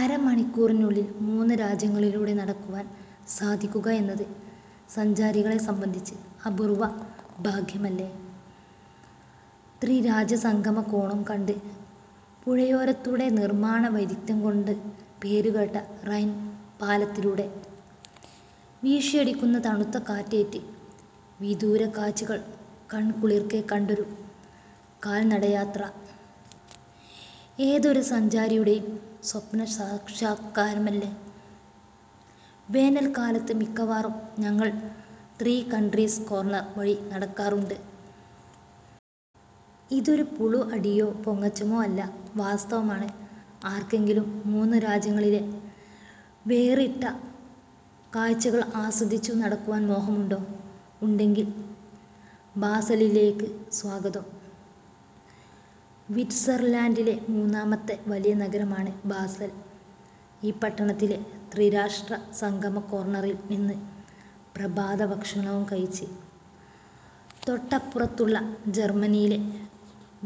അരമണിക്കൂറിനുള്ളിൽ മൂന്ന് രാജ്യങ്ങളിലൂടെ നടക്കുവാൻ സാധിക്കുകയെന്നത് സഞ്ചാരികളെ സംബന്ധിച്ച് അപൂർവ്വ ഭാഗ്യമല്ലേ? ത്രിരാജ്യസംഗമ കോണും കണ്ട് പുഴയോരത്തൂടെ, നിർമ്മാണ വൈദഗ്ധ്യം കൊണ്ട് പേരുകേട്ട റൈൻ പാലത്തിലൂടെ, വീശിയടിക്കുന്ന തണുത്ത കാറ്റേറ്റ് വിദൂരകാഴ്ചകൾ കൺകുളിർക്കേ കണ്ടൊരു കാൽനടയാത്ര ഏതൊരു സഞ്ചാരിയുടേയും സ്വപ്നസാക്ഷാത്കാരമല്ലേ? വേനൽക്കാലത്ത് മിക്കവാറും ഞങ്ങൾ ത്രീ കൺട്രീസ് കോർണർ വഴി നടക്കാറുണ്ട്. ഇതൊരു പുളു അടിയോ പൊങ്ങച്ചമോ അല്ല, വാസ്തവമാണ്. ആർക്കെങ്കിലും മൂന്നു രാജ്യങ്ങളിലെ വേറിട്ട കാഴ്ചകൾ ആസ്വദിച്ച് നടക്കുവാൻ മോഹമുണ്ടോ? ഉണ്ടെങ്കിൽ ബാസലിലേയ്ക്ക് സ്വാഗതം. വിറ്റ്സർലാൻഡിലെ മൂന്നാമത്തെ വലിയ നഗരമാണ് ബാസൽ. ഈ പട്ടണത്തിലെ ത്രിരാഷ്ട്ര സംഗമ കോർണറിൽ നിന്ന് പ്രഭാത ഭക്ഷണവും കഴിച്ച് തൊട്ടപ്പുറത്തുള്ള ജർമ്മനിയിലെ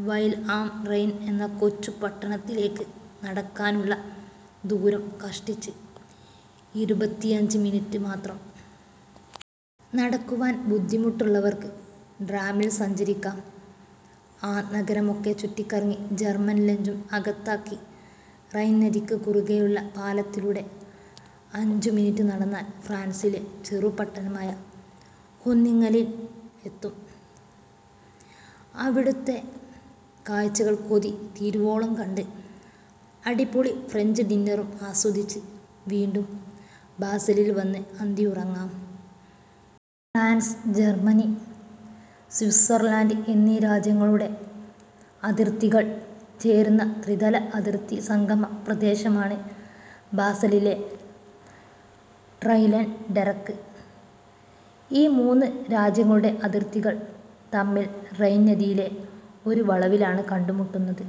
വൈൽ ആം റൈൻ എന്ന കൊച്ചു പട്ടണത്തിലേയ്ക്ക് നടക്കാനുള്ള ദൂരം കഷ്ടിച്ച് ഇരുപത്തിയഞ്ച് മിനിറ്റ് മാത്രം. നടക്കുവാൻ ബുദ്ധിമുട്ടുള്ളവർക്ക് ട്രാമിൽ സഞ്ചരിക്കാം. ആ നഗരമൊക്കെ ചുറ്റിക്കറങ്ങി ജർമ്മൻ ലഞ്ചും അകത്താക്കി റൈൻ നദിക്ക് കുറുകെയുള്ള പാലത്തിലൂടെ അഞ്ചു മിനിറ്റ് നടന്നാൽ ഫ്രാൻസിലെ ചെറുപട്ടണമായ ഹുന്നിംഗനിൽ എത്തും. അവിടുത്തെ കാഴ്ചകൾ കൊതി തീരുവോളം കണ്ട് അടിപൊളി ഫ്രഞ്ച് ഡിന്നറും ആസ്വദിച്ച് വീണ്ടും ബാസലിൽ വന്ന് അന്തിയുറങ്ങാം. ഫ്രാൻസ്, ജർമ്മനി, സ്വിറ്റ്സർലൻഡ് എന്നീ രാജ്യങ്ങളുടെ അതിർത്തികൾ ചേരുന്ന ത്രിതല അതിർത്തി സംഗമ പ്രദേശമാണ് ബാസലിലെ ഡ്രൈലെൻഡെറെക്ക്. ഈ മൂന്നു രാജ്യങ്ങളുടെ അതിർത്തികൾ തമ്മിൽ റൈൻ നദിയിലെ ഒരു വളവിലാണ് കണ്ടുമുട്ടുന്നത്.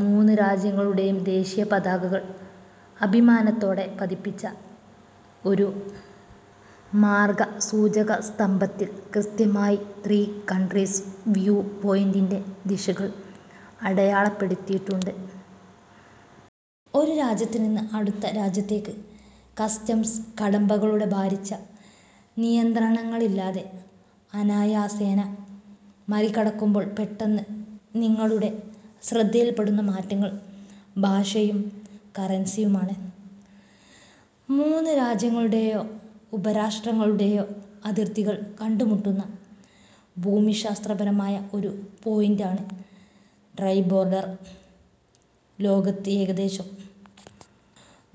മൂന്ന് രാജ്യങ്ങളുടേയും ദേശീയ പതാകകൾ അഭിമാനത്തോടെ പതിപ്പിച്ച ഒരു മാർഗ്ഗസൂചകസ്തംഭത്തിൽ കൃത്യമായി ത്രീ കൺട്രീസ് വ്യൂ പോയിൻ്റിൻ്റെ ദിശകൾ അടയാളപ്പെടുത്തിയിട്ടുണ്ട്. ഒരു രാജ്യത്ത് നിന്ന് അടുത്ത രാജ്യത്തേയ്ക്ക് കസ്റ്റംസ് കടമ്പകളുടെ ഭാരിച്ച നിയന്ത്രങ്ങളില്ലാതെ അനായാസേന മറികടക്കുമ്പോൾ പെട്ടെന്ന് നിങ്ങളുടെ ശ്രദ്ധയിൽപ്പെടുന്ന മാറ്റങ്ങൾ ഭാഷയും കറൻസിയുമാണ്. മൂന്ന് രാജ്യങ്ങളുടെയോ ഉപരാഷ്ട്രങ്ങളുടെയോ അതിർത്തികൾ കണ്ടുമുട്ടുന്ന ഭൂമിശാസ്ത്രപരമായ ഒരു പോയിന്റാണ് ട്രൈ ബോർഡർ. ലോകത്ത് ഏകദേശം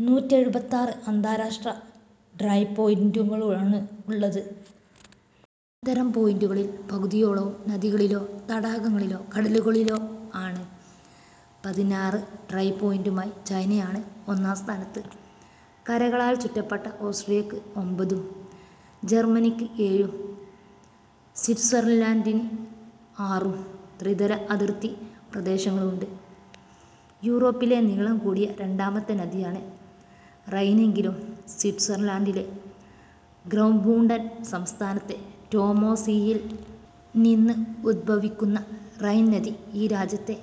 നൂറ്റെഴുപത്താറ് അന്താരാഷ്ട്ര ട്രൈപോയിൻ്റുകളാണ് ഉള്ളത്. ഇത്തരം പോയിന്റുകളിൽ പകുതിയോളവും നദികളിലോ തടാകങ്ങളിലോ കടലുകളിലോ ആണ്. പതിനാറ് ട്രൈപോയിൻ്റുമായി ചൈനയാണ് ഒന്നാം സ്ഥാനത്ത്. കരകളാൽ ചുറ്റപ്പെട്ട ഓസ്ട്രിയയ്ക്ക് ഒമ്പതും ജർമ്മനിയ്ക്ക് ഏഴും സ്വിറ്റ്സർലൻഡിന് ആറും ത്രിതല അതിർത്തി പ്രദേശങ്ങളുണ്ട്. യൂറോപ്പിലെ നീളം കൂടിയ രണ്ടാമത്തെ നദിയാണ് റൈനെങ്കിലും സ്വിറ്റ്സർലൻഡിലെ ഗ്രൗബൂണ്ടൻ സംസ്ഥാനത്തെ റ്റോമാ സീയിൽ നിന്ന് ഉത്ഭവിക്കുന്ന റൈൻ നദി ഈ രാജ്യത്തെ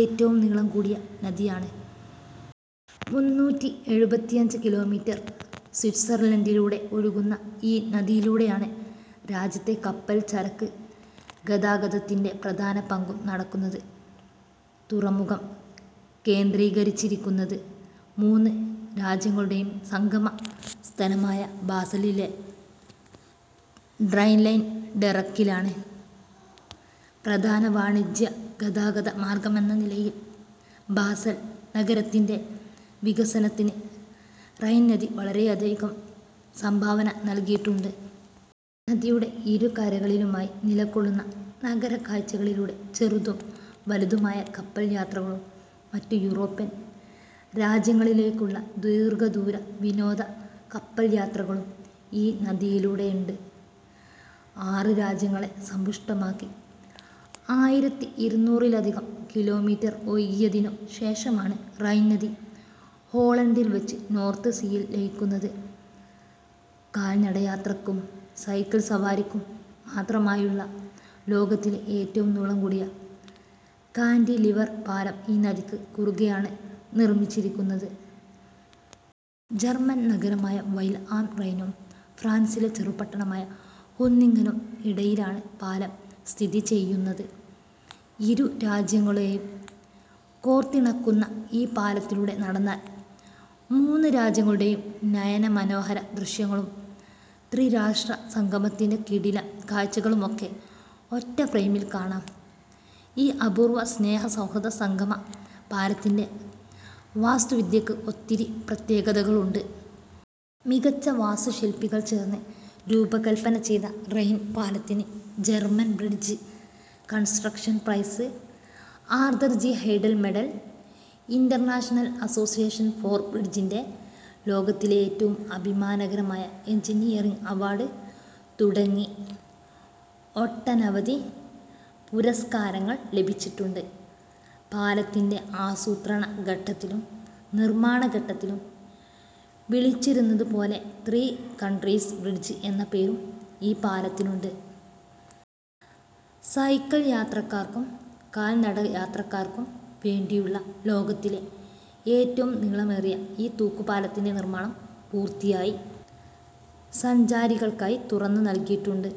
ഏറ്റവും നീളം കൂടിയ നദിയാണ്. മുന്നൂറ്റി എഴുപത്തിയഞ്ച് കിലോമീറ്റർ സ്വിറ്റ്സർലൻഡിലൂടെ ഒഴുകുന്ന ഈ നദിയിലൂടെയാണ് രാജ്യത്തെ കപ്പൽ ചരക്ക് ഗതാഗതത്തിൻ്റെ പ്രധാന പങ്കും നടക്കുന്നത്. തുറമുഖം കേന്ദ്രീകരിച്ചിരിക്കുന്നത് മൂന്നു രാജ്യങ്ങളുടേയും സംഗമ സ്ഥലമായ ബാസലിലെ ഡ്രൈലെൻഡെറെക്കിലാണ്. പ്രധാന വാണിജ്യഗതാഗത മാർഗ്ഗമെന്ന നിലയിൽ ബാസൽ നഗരത്തിൻ്റെ വികസനത്തിന് റൈൻ നദി വളരെയധികം സംഭാവന നൽകിയിട്ടുണ്ട്. നദിയുടെ ഇരുകരകളിലുമായി നിലകൊള്ളുന്ന നഗരക്കാഴ്ചകളിലൂടെ ചെറുതും വലുതുമായ കപ്പൽ യാത്രകളും മറ്റു യൂറോപ്യൻ രാജ്യങ്ങളിലേയ്ക്കുള്ള ദീർഘദൂര വിനോദ കപ്പൽയാത്രകളും ഈ നദിയിലൂടെയുണ്ട്. ആറ് രാജ്യങ്ങളെ സമ്പുഷ്ടമാക്കി ആയിരത്തി ഇരുനൂറി ലധികം കിലോമീറ്റർ ഒഴുകിയതിനു ശേഷമാണ് റൈൻ നദി ഹോളണ്ടിൽ വച്ച് നോർത്ത് സീയിൽ ലയിക്കുന്നത്. കാൽനടയാത്രയ്ക്കും സൈക്കിൾ സവാരിക്കും മാത്രമായുള്ള ലോകത്തിലെ ഏറ്റവും നീളം കൂടിയ കാൻ്റിലിവർ പാലം ഈ നദിക്ക് കുറുകെയാണ് നിർമ്മിച്ചിരിക്കുന്നത്. ജർമ്മൻ നഗരമായ വൈൽ ആം റൈനും ഫ്രാൻസിലെ ചെറുപട്ടണമായ ഹുന്നിംഗനും ഇടയിലാണ് പാലം സ്ഥിതിചെയ്യുന്നത്. ഇരു രാജ്യങ്ങളേയും കോർത്തിണക്കുന്ന ഈ പാലത്തിലൂടെ നടന്നാൽ മൂന്നു രാജ്യങ്ങളുടേയും നയനമനോഹര ദൃശ്യങ്ങളും ത്രിരാഷ്ട്ര സംഗമത്തിൻ്റെ കിടിലൻ കാഴ്ചകളുമൊക്കെ ഒറ്റ ഫ്രെയിമിൽ കാണാം. ഈ അപൂർവ്വ സ്നേഹ സൗഹൃദ സംഗമ പാലത്തിൻ്റെ വാസ്തുവിദ്യയ്ക്കും ഒത്തിരി പ്രത്യേകതകളുണ്ട്. മികച്ച വാസ്തുശില്പികൾ ചേർന്ന് രൂപകല്പന ചെയ്ത റൈൻ പാലത്തിന് German bridge construction prize, Arthur G Hayden medal, international association for ബ്രിഡ്ജിൻ്റെ ലോകത്തിലെ ഏറ്റവും അഭിമാനകരമായ എൻജിനീയറിംഗ് അവാർഡ് തുടങ്ങി ഒട്ടനവധി പുരസ്കാരങ്ങൾ ലഭിച്ചിട്ടുണ്ട്. പാലത്തിൻ്റെ ആസൂത്രണ ഘട്ടത്തിലും നിർമ്മാണ ഘട്ടത്തിലും വിളിച്ചിരുന്നതുപോലെ 'ത്രീ കൺട്രീസ് ബ്രിഡ്ജ്' എന്ന പേരും ഈ പാലത്തിനുണ്ട്. സൈക്കിൾ യാത്രക്കാർക്കും കാൽനടയാത്രക്കാർക്കും വേണ്ടിയുള്ള ലോകത്തിലെ ഏറ്റവും നീളമേറിയ ഈ തൂക്കുപാലത്തിൻ്റെ നിർമ്മാണം പൂർത്തിയായി സഞ്ചാരികൾക്കായി തുറന്നു നൽകിയിട്ടുണ്ട്.